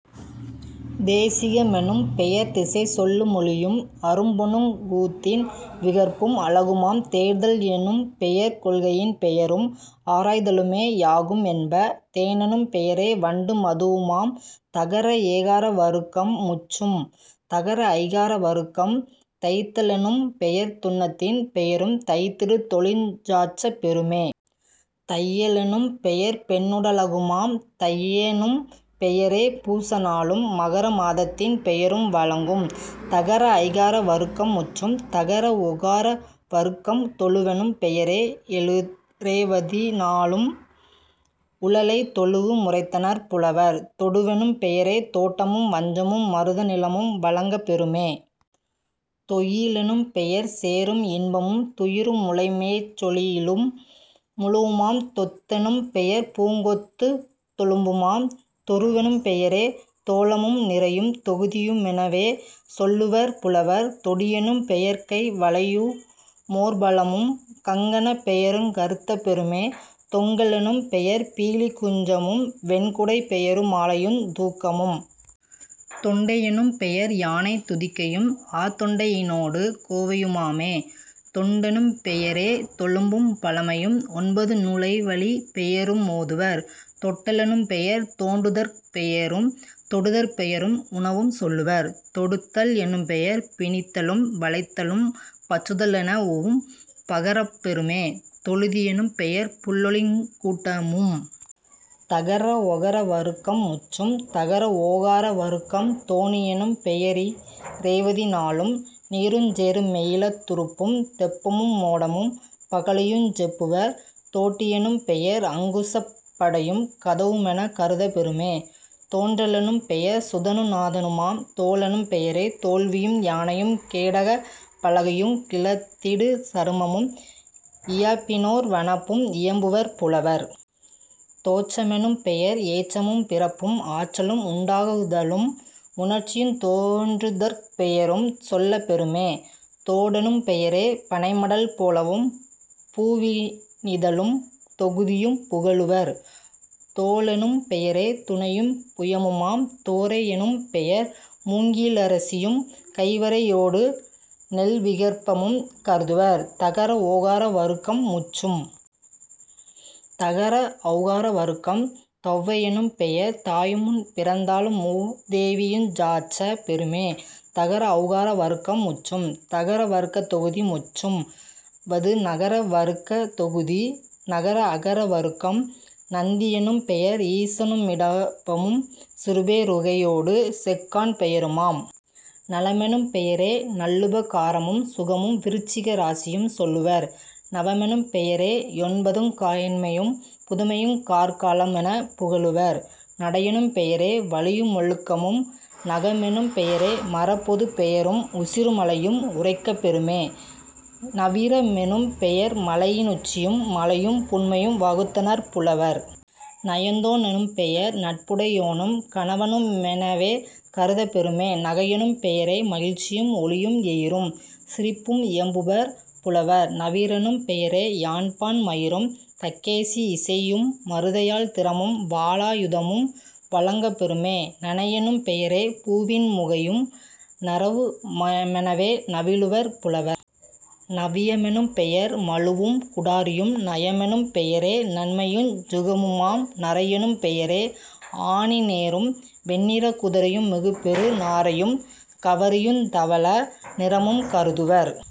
தேசிக மெனும்பெயர் திசைச்சொல்லு மொளியும் அரும் பொன்னுங் கூத்தின் விகற்பும் அழகுமாம்..... தேர்தல் எனும்பெயர் கொள்கையின் பெயரும் ஆராய் தலுமே யாகும் என்ப..... தேனெனும் பெயரே வண்டு மதுவுமாம்..... தகர ஏகார வருக்கம் முற்றும். தகர ஐகார வருக்கம் தைத்த லெனும்பெயர் துன்னத்தின் பெயரும் தைத்திடு தொழிலுஞ் சாற்றப் பெறுமே..... தைய லெனும்பெயர் பெண்ணுட னழகுமாம்..... தையெனும் பெயரே பூச நாளும் மகர மாதத்தின் பெயரும் வழங்கும்..... தகர ஐகார வருக்கம் முற்றும். தகர ஒகார வருக்கம் தொழுவெனும் பெயரே எலுயிரேவதி நாளும் உழலைத் தொழுவு முரைத்தனர் புலவர்..... தொடுவெனும் பெயரே தோட்டமும் வஞ்சமும் மருத நிலமும் வழங்கப் பெறுமே..... தொய்யி லெனும்பெயர் சேறும் இன்பமும் துயிரு முலைமேற் சொலியிலும் முழுவுமாம்..... தொத்தெனும் பெயர்பூங் கொத்துந் தொழும்புமாம்.... தொறுவெனும் பெயரே தோழமு நிரையும் தொகுதியு மெனவே சொல்லுவர் புலவர்..... தொடியெனும் பெயர்கை வளையு மோர்பலமும் கங்கணப் பெயருங் கருத்தப் பெறுமே..... தொங்க லெனும் பெயர்பீலிக் குஞ்சமும் வெண்குடைப் பெயரு மாலையுந் தூக்கமும்..... தொண்டை யெனும்பெயர் யானைத் துதிக்கையும் ஆதொண்டை யினொடு கோவையு மாமே..... தொண்டெனும் பெயரே தொழும்பும் பழமையும் ஒன்பது நுழைவழிப் பெயரு மோதுவர்..... தொட்ட லெனும்பெயர் தோண்டுதற் பெயரும் தொடுதற் பெயரும் உணவும் சொல்லுவர்..... தொடுத்தல் எனும்பெயர் பிணித்தலும் வளைத்தலும் பற்றுத லெனவும் பகரப் பெறுமே..... தொழுதி யெனும்பெயர் புள்ளொலியுங் கூட்டமும்....। தகர ஒகர வருக்கம் முற்றும். தகர ஓகார வருக்கம் தோணி யெனும்பெயரி ரேவதி நாளும் நீருஞ் சேறு மெயில துறுப்பும் தெப்பமு மோடமும் பகழியுஞ் செப்புவர்..... தோட்டி யெனும்பெயர் அங்குசப் படையும் கதவு மென கருதப் பெறுமே..... தோன்ற லெனும்பெயர் சுதனு நாதனுமாம்..... தோலெனும் பெயரே தோல்வியும் யானையும் கேடகப் பலகையுங் கிளத்திடு சருமமும் இயாப்பினோர் வனப்பும் இயம்புவர் புலவர்..... தோற்ற மெனும்பெயர் ஏற்றமும் பிறப்பும் ஆற்றலும் உண்டாக் குதலும் உணர்ச்சியுந் தோன்றுதற் பெயரும் சொல்லப் பெறுமே..... தோடெனும் பெயரே பனைமடல் போலவும் பூவி னிதழும் தொகுதியும் புகலுவர்..... தோளெனும் பெயரே துணையும் புயமுமாம்..... தோரை யெனும்பெயர் மூங்கி லரிசியும் கைவரை யோடுநெல் விகற்பமும் கருதுவர்..... தகர ஓகார வருக்கம் முற்றும். தகர ஒளகார வருக்கம் தெளவை யெனும்பெயர் தாயுமுன் பிறந்தாளு மூதேவியுஞ் சாற்றப் பெறுமே..... தகர ஒளகார வருக்கம் முற்றும். தகர வருக்கத் தொகுதி முற்றும். வது நகர வருக்கத் தொகுதி நகர அகர வருக்கம் நந்தி யெனும் பெயர் ஈசனு மிடபமும் சிறுபே ரிகையொடு செக்கான் பெயருமாம்..... நலமெனும் பெயரே நல்லுப காரமும் சுகமும் விருச்சிக ராசியும் சொல்லுவர்..... நவமெனும் பெயரே யொன்பதுங் கேண்மையும் புதுமையுங் கார்கா லமுமெனப் புகலுவர்..... நடையெனும் பெயரே வழியு மொழுக்கமும்..... நகமெனும் பெயரே மரப்பொதுப் பெயரும் உசிரு மலையும் உரைக்கப் பெறுமே..... நவிர மெனும்பெயர் மலையி னுச்சியும் மலையும் புன்மையும் வகுத்தனர் புலவர்..... நயந்தோ னெனும்பெயர் நட்புடை யோனும் கணவனு மெனவே கருதப் பெறுமே..... நகையெனும் பெயரே மகிழ்ச்சியும் ஒளியும் எயிறும் சிரிப்பும் இயம்புவர் புலவர்..... நவிரெனும் பெயரே யாண்பான் மயிரும் தக்கேசி யிசையு மருதயாழ்த் திறமும் வாளா யுதமும் வழங்கப் பெறுமே..... நனையெனும் பெயரே பூவின் முகையும் நறவு மெனவே நவிலுவர் புலவர்..... நவிய மெனும்பெயர் மழுவும் குடாரியும்..... நயமெனும் பெயரே நன்மையுஞ் சுகமுமாம்..... நரையெனும் பெயரே ஆனி னேறும் வெண்ணிறக் குதிரையு மிகுபெறு நாரையும் கவரியுந் தவள நிறமும் கருதுவர்.